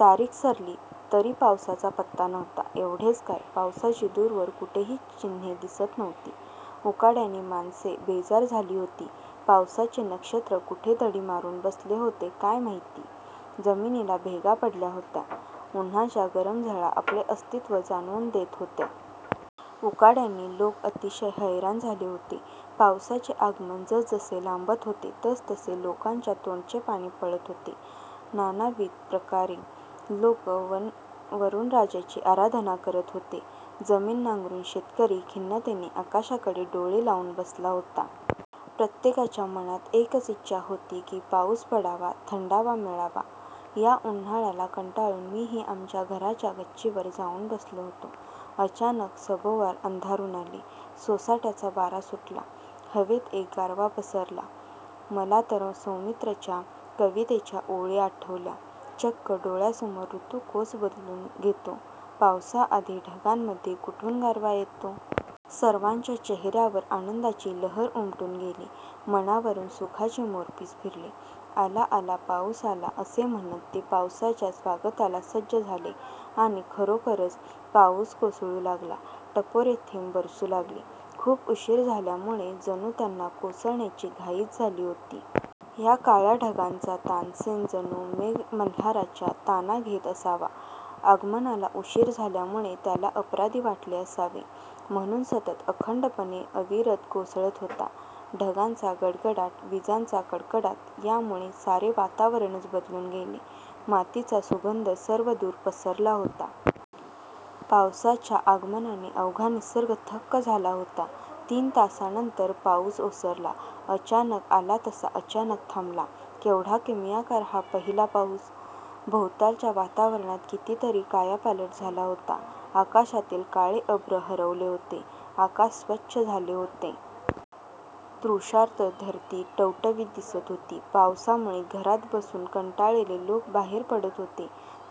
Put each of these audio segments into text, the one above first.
तारीख सरली, तरी पावसाचा पत्ता नव्हता. एवढेच काय! पावसाची दूरवर कुठे चिन्हेही दिसत नव्हती. उकाड्याने माणसे बेजार झाली होती. पावसाचे नक्षत्र कुठे दडी मारून बसले होते काय माहीत? जमिनीला भेगा पडल्या होत्या. उन्हाच्या गरम झळा आपले अस्तित्व जाणवून देत होत्या. उकाड्याने लोक अतिशय हैराण झाले होते. पावसाचे आगमन जसजसे लांबत होते, तसतसे लोकांच्या तोंडचे पाणी पळत होते. नानाविध प्रकारे लोक वरुणराजाची आराधना करत होते. जमीन नांगरून शेतकरी खिन्नतेने आकाशाकडे डोळे लावून बसला होता. प्रत्येकाच्या मनात एकच इच्छा होती की पाऊस पडावा, थंडावा मिळावा. या उन्हाला कंटाळून मीही आमच्या घराच्या गच्चीवर जाऊन बसलो होतो. अचानक सभोवार अंधारून आले. सोसाट्याचा वारा सुटला. हवेत एक गारवा पसरला. मला तर सौमित्रच्या कवितेच्या ओळी आठवल्या, चक्क डोळ्यांसमोर ऋतु कोस बदलून घेतो, पावसा आधी ढगांमध्ये कुठून गारवा येतो? सर्वांच्या चेहऱ्यावर आनंदाची लहर उमटून गेली. मनावरून सुखाचे मोरपीस फिरले. 'आला, आला, पाऊस आला! ' असे म्हणत ते पावसाच्या स्वागताला सज्ज झाले. आणि खरोखरच पाऊस कोसळू लागला. टपोरे थेंब बरसू लागले. खूप उशीर झाल्यामुळे जणू त्यांना कोसळण्याची घाई झाली होती. हा काळ्या ढगांचा तानसेन जणू मेघमल्हाराच्या ताना घेत असावा. आगमनाला उशीर झाल्यामुळे त्याला अपराधी वाटले असावे, म्हणून सतत अखंडपणे अविरत कोसळत होता. ढगांचा गडगडाट, विजांचा कडकडाट यामुळे सारे वातावरणच बदलून गेले. मातीचा सुगंध सर्वदूर पसरला होता. पावसाच्या आगमनाने अवघा निसर्ग थक्क झाला होता. तीन तासांनंतर पाऊस ओसरला. अचानक आला तसा अचानक थांबला. केवढा किमयागार हा पहिला पाऊस! भोवतालच्या वातावरणात कितीतरी कायापालट झाला होता. आकाशातील काळे अभ्र हरवले होते. आकाश स्वच्छ झाले होते. तृषार्त धरती टवटवीत दिसत होती. पावसामुळे घरात बसून कंटाळलेले लोक बाहेर पडत होते.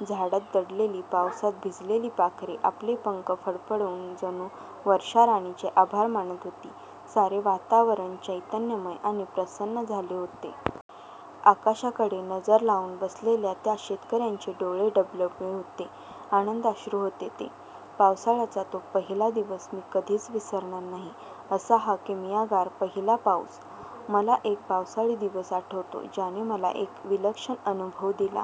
झाडात दडलेली, पावसात भिजलेली पाखरे आपले पंख फडफडवून जणू वर्षाराणीचे आभार मानत होती. सारे वातावरण चैतन्यमय आणि प्रसन्न झाले होते. आकाशाकडे नजर लावून बसलेल्या त्या शेतकऱ्यांचे डोळे डबडबले होते. आनंदाश्रू होते ते! पावसाळ्याचा तो पहिला दिवस मी कधीच विसरणार नाही. असा हा किमयागार पहिला पाऊस! मला एक पावसाळी दिवस आठवतो ज्याने मला एक विलक्षण अनुभव दिला.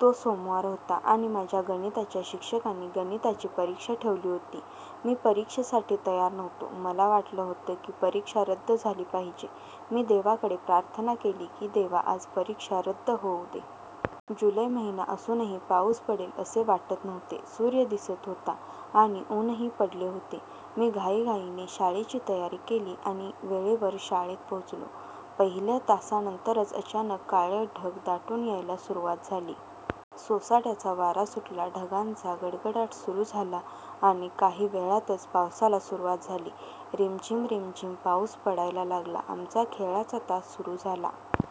तो सोमवार होता आणि माझ्या गणिताच्या शिक्षकांनी गणिताची परीक्षा ठेवली होती. मी परीक्षेसाठी तयार नव्हतो. मला वाटत होते की परीक्षा रद्द झाली पाहिजे. मी देवाकडे प्रार्थना केली की, 'देवा, आज परीक्षा रद्द होऊदे. ' जुलै महिना असूनही पाऊस पडेल असे वाटत नव्हते. सूर्य दिसत होता आणि ऊनही पडले होते. मी घाईघाईने शाळेची तयारी केली आणि वेळेवर शाळेत पोहोचलो. पहिल्या तासानंतरच अचानक काळे ढग दाटून यायला सुरुवात झाली. सोसाट्याचा वारा सुटला. ढगांचा गडगडाट सुरू झाला. आणि काही वेळातच पावसाला सुरुवात झाली. रिमझिम रिमझिम पाऊस पडायला लागला. आमचा खेळाचा तास सुरू झाला.